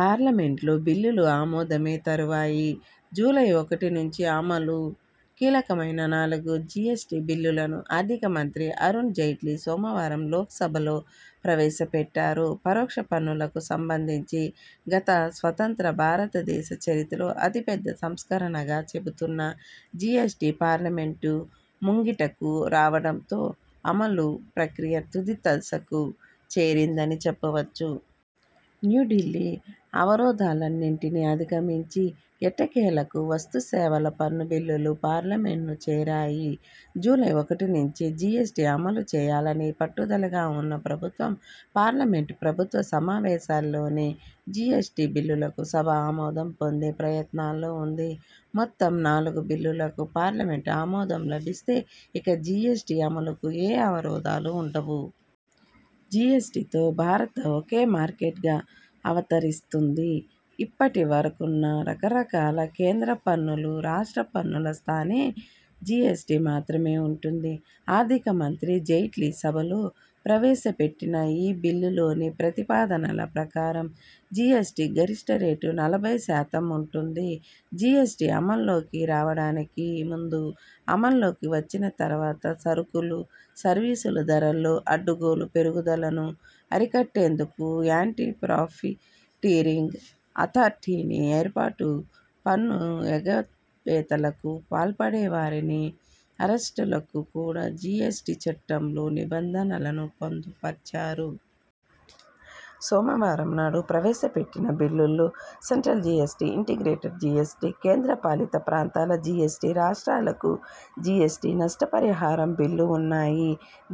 పార్లమెంట్లో బిల్లులు ఆమోదమే తరువాయి జూలై ఒకటి నుంచి అమలు! కీలకమైన నాలుగు జిఎస్టి బిల్లులను ఆర్థికమంత్రి అరుణ్ జైట్లీ సోమవారం లోక్సభలో ప్రవేశపెట్టారు. పరోక్ష పన్నులకు సంబంధించి గత స్వతంత్ర భారతదేశ చరిత్రలో అతి పెద్ద సంస్కరణగా చెబుతున్న జిఎస్టి పార్లమెంట్ ముంగిటకు రావడంతో అమలు ప్రక్రియ తుది దశకు చేరిందని చెప్పవచ్చు. న్యూఢిల్లీ అవరోధాలన్నింటినీ అధిగమించి ఎట్టకేలకు వస్తు సేవల పన్ను బిల్లులు పార్లమెంట్ను చేరాయి. జూలై ఒకటి నుంచే జిఎస్టి అమలు చేయాలని పట్టుదలగా ఉన్న ప్రభుత్వం పార్లమెంట్ ప్రస్తుత సమావేశాల్లోనే జిఎస్టి బిల్లులకు సభ ఆమోదం పొందే ప్రయత్నాల్లో ఉంది. మొత్తం నాలుగు బిల్లులకు పార్లమెంట్ ఆమోదం లభిస్తే ఇక జిఎస్టి అమలుకు ఏ అవరోధాలు ఉండవు. జిఎస్టితో భారత ఒకే మార్కెట్గా అవతరిస్తుంది. ఇప్పటి వరకున్న రకరకాల కేంద్ర పన్నులు, రాష్ట్ర పన్నుల స్థానే జిఎస్టి మాత్రమే ఉంటుంది. ఆర్థిక మంత్రి జైట్లీ సభలో ప్రవేశపెట్టిన ఈ బిల్లుల్లోని ప్రతిపాదనల ప్రకారం జిఎస్టి గరిష్ఠ రేటు నలభై శాతం ఉంటుంది. జిఎస్టి అమల్లోకి రావడానికి ముందు అమల్లోకి వచ్చిన తర్వాత సరుకులు, సర్వీసుల ధరల్లో అడ్డగోలు పెరుగుదలను అరికట్టేందుకు యాంటి ప్రాఫిటీరింగ్ అథార్టీని ఏర్పాటు, పన్ను ఎగవేతలకు పాల్పడేవారిని అరెస్టులకు కూడా జిఎస్టి చట్టంలో నిబంధనలను పొందుపర్చారు. సోమవారం నాడు ప్రవేశపెట్టిన బిల్లుల్లో సెంట్రల్ జిఎస్టి, ఇంటిగ్రేటెడ్ జిఎస్టి, కేంద్రపాలిత ప్రాంతాల జిఎస్టి, రాష్ట్రాలకు జిఎస్టి నష్టపరిహారం బిల్లు ఉన్నాయి.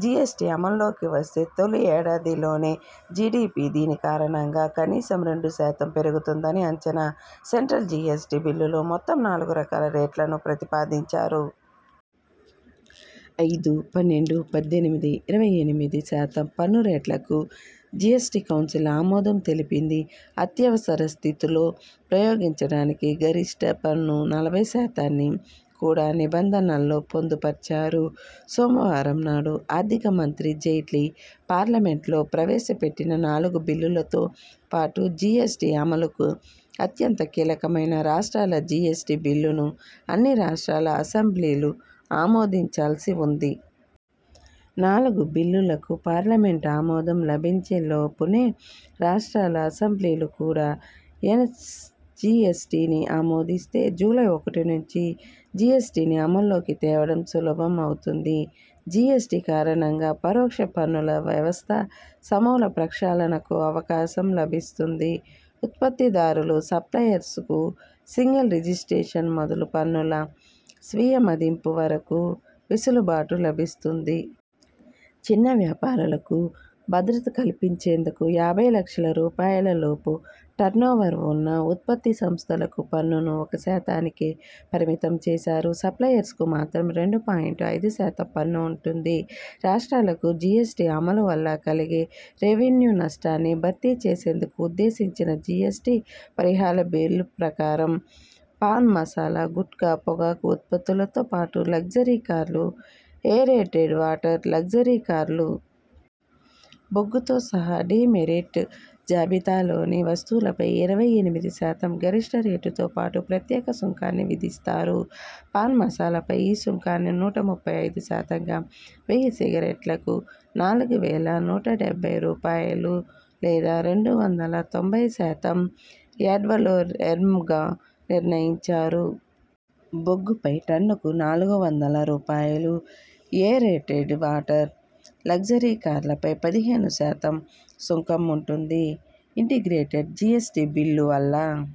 జిఎస్టి అమల్లోకి వస్తే తొలి ఏడాదిలోనే జిడిపి దీనికారణంగా కనీసం రెండు శాతం పెరుగుతుందని అంచనా. సెంట్రల్ జిఎస్టి బిల్లులో మొత్తం నాలుగు రకాల రేట్లను ప్రతిపాదించారు. ఐదు, పన్నెండు, పద్దెనిమిది, ఇరవై ఎనిమిది శాతం పన్ను రేట్లకు జిఎస్టి కౌన్సిల్ ఆమోదం తెలిపింది. అత్యవసర స్థితుల్లో ప్రయోగించడానికి గరిష్ఠ పన్ను నలభై శాతాన్ని కూడా నిబంధనల్లో పొందుపర్చారు. సోమవారం నాడు ఆర్థిక మంత్రి జైట్లీ పార్లమెంట్లో ప్రవేశపెట్టిన నాలుగు బిల్లులతో పాటు జిఎస్టి అమలుకు అత్యంత కీలకమైన రాష్ట్రాల జిఎస్టి బిల్లును అన్ని రాష్ట్రాల అసెంబ్లీలు ఆమోదించాల్సి ఉంది. నాలుగు బిల్లులకు పార్లమెంట్ ఆమోదం లభించే లోపునే రాష్ట్రాల అసెంబ్లీలు కూడా ఎస్ జిఎస్టిని ఆమోదిస్తే, జూలై ఒకటి నుంచి జిఎస్టిని అమల్లోకి తేవడం సులభం అవుతుంది. జిఎస్టి కారణంగా పరోక్ష పన్నుల వ్యవస్థ సమూల ప్రక్షాళనకు అవకాశం లభిస్తుంది. ఉత్పత్తిదారులు, సప్లయర్స్ కు సింగిల్ రిజిస్ట్రేషన్ మొదలు పన్నుల స్వీయమదింపు వరకు వెసులుబాటు లభిస్తుంది. చిన్న వ్యాపారాలకు భద్రత కల్పించేందుకు యాభై లక్షల రూపాయల లోపు టర్నోవర్ ఉన్న ఉత్పత్తి సంస్థలకు పన్నును ఒక శాతానికే పరిమితం చేశారు. సప్లయర్స్ కు మాత్రం రెండు పాయింట్ ఐదు శాతం పన్ను ఉంటుంది. రాష్ట్రాలకు జిఎస్టి అమలు వల్ల కలగే రెవెన్యూ నష్టాన్ని భర్తీ చేసేందుకు ఉద్దేశించిన జిఎస్టి పరిహార బిల్లు ప్రకారం, పాన్ మసాలా, గుట్కా, పొగాకు ఉత్పత్తులతో పాటు లగ్జరీ కార్లు, ఏరేటెడ్ వాటర్, లగ్జరీ కార్లు. బొగ్గుతో సహా డీమెరిట్ జాబితాలోని వస్తువులపై ఇరవై ఎనిమిది శాతం గరిష్ఠ రేటుతో పాటు ప్రత్యేక సుంకాన్ని విధిస్తారు. పాన్ మసాలాపై ఈ సుంకాన్ని నూట ముప్పై ఐదు శాతంగా, వెయ్యి సిగరెట్లకు నాలుగు వేల నూట డెబ్బై రూపాయలు లేదా రెండు వందల తొంభై శాతం యాడ్వాలొరెమ్గా నిర్ణయించారు. బొగ్గుపై టన్నుకు నాలుగు వందల రూపాయలు, ఏ రేటెడ్ వాటర్, లగ్జరీ కార్లపై పదిహేను శాతం సుంకం ఉంటుంది. ఇంటిగ్రేటెడ్ జిఎస్టి బిల్లు వల్ల,